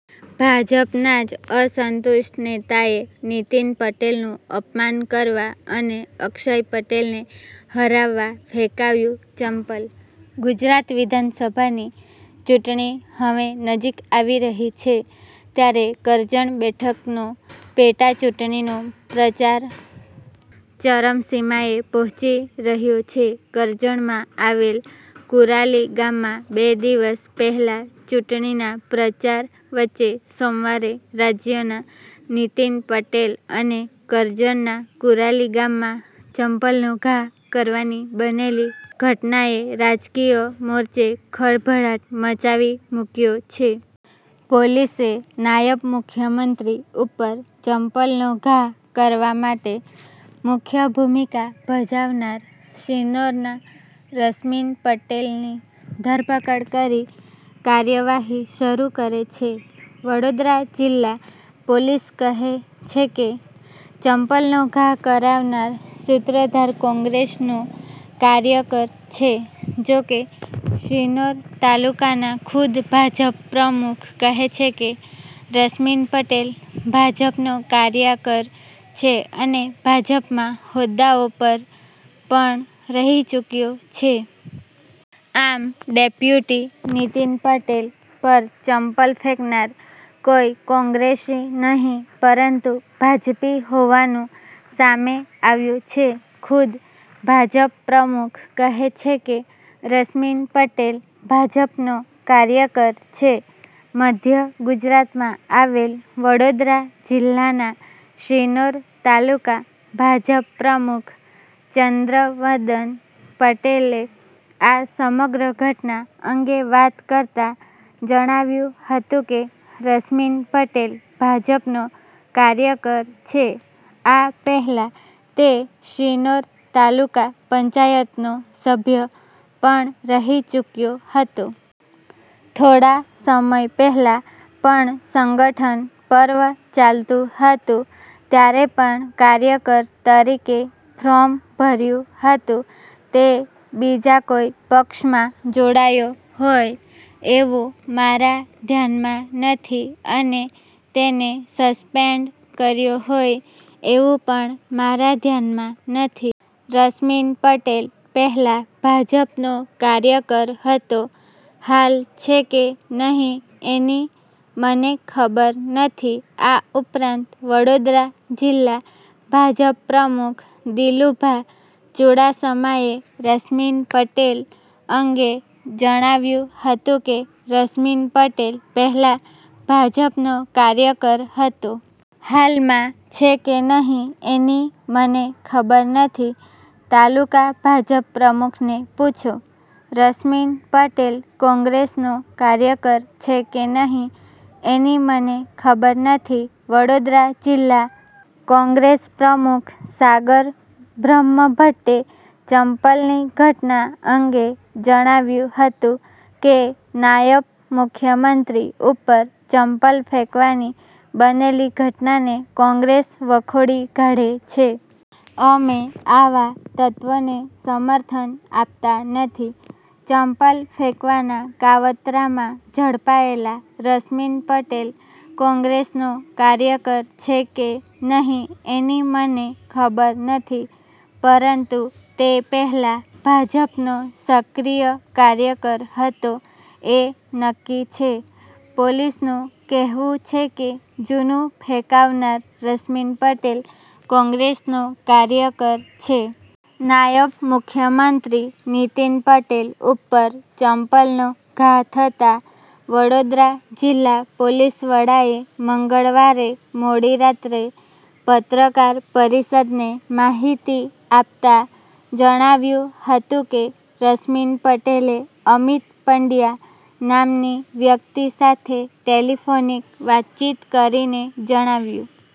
ભાજપના જ અસંતુષ્ટ નેતાએ નીતિન પટેલનું અપમાન કરવા અને અક્ષય પટેલને હરાવવા ફેંકાવ્યુ ચપ્પલ. ગુજરાત વિધાનસભાની ચુંટણી હવે નજીક આવી રહી છે. ત્યારે કરજણ બેઠકનો પેટાચૂંટણીનો પ્રચાર ચરમસીમાએ પહોંચી રહ્યો છે. કરજણમાં આવેલ કુરાલી ગામમાં બે દિવસ પહેલાં ચુત્નીના પ્રચાર વચ્ચે સોમવારે રાજ્યના નીતિન પટેલ પર કરજણના કુરાલી ગામમાં ચપ્પલનો ઘા કરવાની બનેલી ઘટનાએ રાજકીય મોરચે ખળભળાટ મચાવી મૂક્યો છે. પોલીસે નાયબ મુખ્યમંત્રી ઉપર ચપ્પલનો ઘા કરવા માટે મુખ્ય ભૂમિકા ભજવનાર શિનોરના રશ્મિન પટેલની ધરપકડ કરી કાર્યવાહી શરૂ કરી છે. વડોદરા જિલ્લા પોલીસ કહે છે કે ચપ્પલનો ઘા કરાવનાર સૂત્રધાર કોંગ્રેસનો કાર્યકર છે, જોકે, શિનોર તાલુકાના ખુદ ભાજપ-પ્રમુખ કહે છે કે, રશ્મિન પટેલ ભાજપનો કાર્યકર છે અને ભાજપમાં હોદ્દાઓ પર પણ રહી ચૂક્યો છે. આમ, ડેપ્યુટી નીતિન પટેલ પર ચપ્પલ ફેંકનાર કોઈ કોગ્રેસી નહિ પરંતુ ભાજપી હોવાનું સામે આવ્યું છે. ખુદ ભાજપ-પ્રમુખ કહે છે કે, રશ્મિન પટેલ ભાજપનો કાર્યકર છે. મધ્ય ગુજરાતમાં આવેલ વડોદરા જીલ્લાના શિનોર તાલુકા ભાજપ-પ્રમુખ ચંદ્રવદન પટેલે આ સમગ્ર ઘટના અંગે વાત કરતા જણાવ્યું હતું કે, રશ્મિન પટેલ ભાજપનો કાર્યકર છે, આ પહેલા તે શિનોર તાલુકા પંચાયતનો સભ્ય પણ રહી ચુક્યો હતો. થોડા સમય પહેલા પણ સંગઠન પર્વ ચાલતું હતું ત્યારે પણ કાર્યકર તરીકે ફોર્મ ભર્યું હતું. તે બીજા કોઇ પક્ષમાં જોડાયો હોય એવું મારા ધ્યાનમાં નથી અને તેને સસ્પેન્ડ કર્યો હોય એવું પણ મારા ધ્યાનમાં નથી. રશ્મિન પટેલ પહેલાં ભાજપનો કાર્યકર હતો, હાલ છે કે નહીં એની મને ખબર નથી. આ ઉપરાંત, વડોદરા જિલ્લા ભાજપ-પ્રમુખ દિલુભા ચૂડાસમાએ રશ્મિન પટેલ અંગે જણાવ્યું હતું કે રશ્મિન પટેલ પહેલાં ભાજપનો કાર્યકર હતો. હાલમાં છે કે નહીં એની મને ખબર નથી. તાલુકા ભાજપ-પ્રમુખને પૂછો. રશ્મિન પટેલ કોંગ્રેસનો કાર્યકર છે કે નહીં એની મને ખબર નથી વડોદરા જિલ્લા કોંગ્રેસપ્રમુખ સાગર બ્રહ્મભટ્ટે ચપ્પલની ઘટના અંગે જણાવ્યું હતું કે, નાયબ મુખ્યમંત્રી ઉપર ચપ્પલ ફેંકવાની બનેલી ઘટનાને કોંગ્રેસ વખોડી કાઢે છે. અમે આવાં તત્ત્વોને સમર્થન આપતા નથી. ચપ્પલ ફેંકવાના કાવતરામાં ઝડપાયેલા રશ્મિન પટેલ કોંગ્રેસનો કાર્યકર છે કે, નહીં એની મને ખબર નથી, પરંતુ તે પહેલાં ભાજપનો સક્રિય કાર્યકર હતો એ નક્કી છે. પોલીસનું કહેવું છે કે, જૂતું ફેંકાવનાર રશ્મિન પટેલ કોંગ્રેસનો કાર્યકર છે. નાયબ મુખ્યમંત્રી નીતિન પટેલ ઉપર ચપ્પલનો ઘા થતાં વડોદરા જિલ્લા પોલીસવડાએ મંગળવારે મોડી રાત્રે પત્રકાર પરિષદને માહિતી આપતાં જણાવ્યું હતું કે રશ્મિન પટેલે અમિત પંડ્યા નામની વ્યક્તિ સાથે ટેલિફોનિક વાતચીત કરીને જણાવ્યું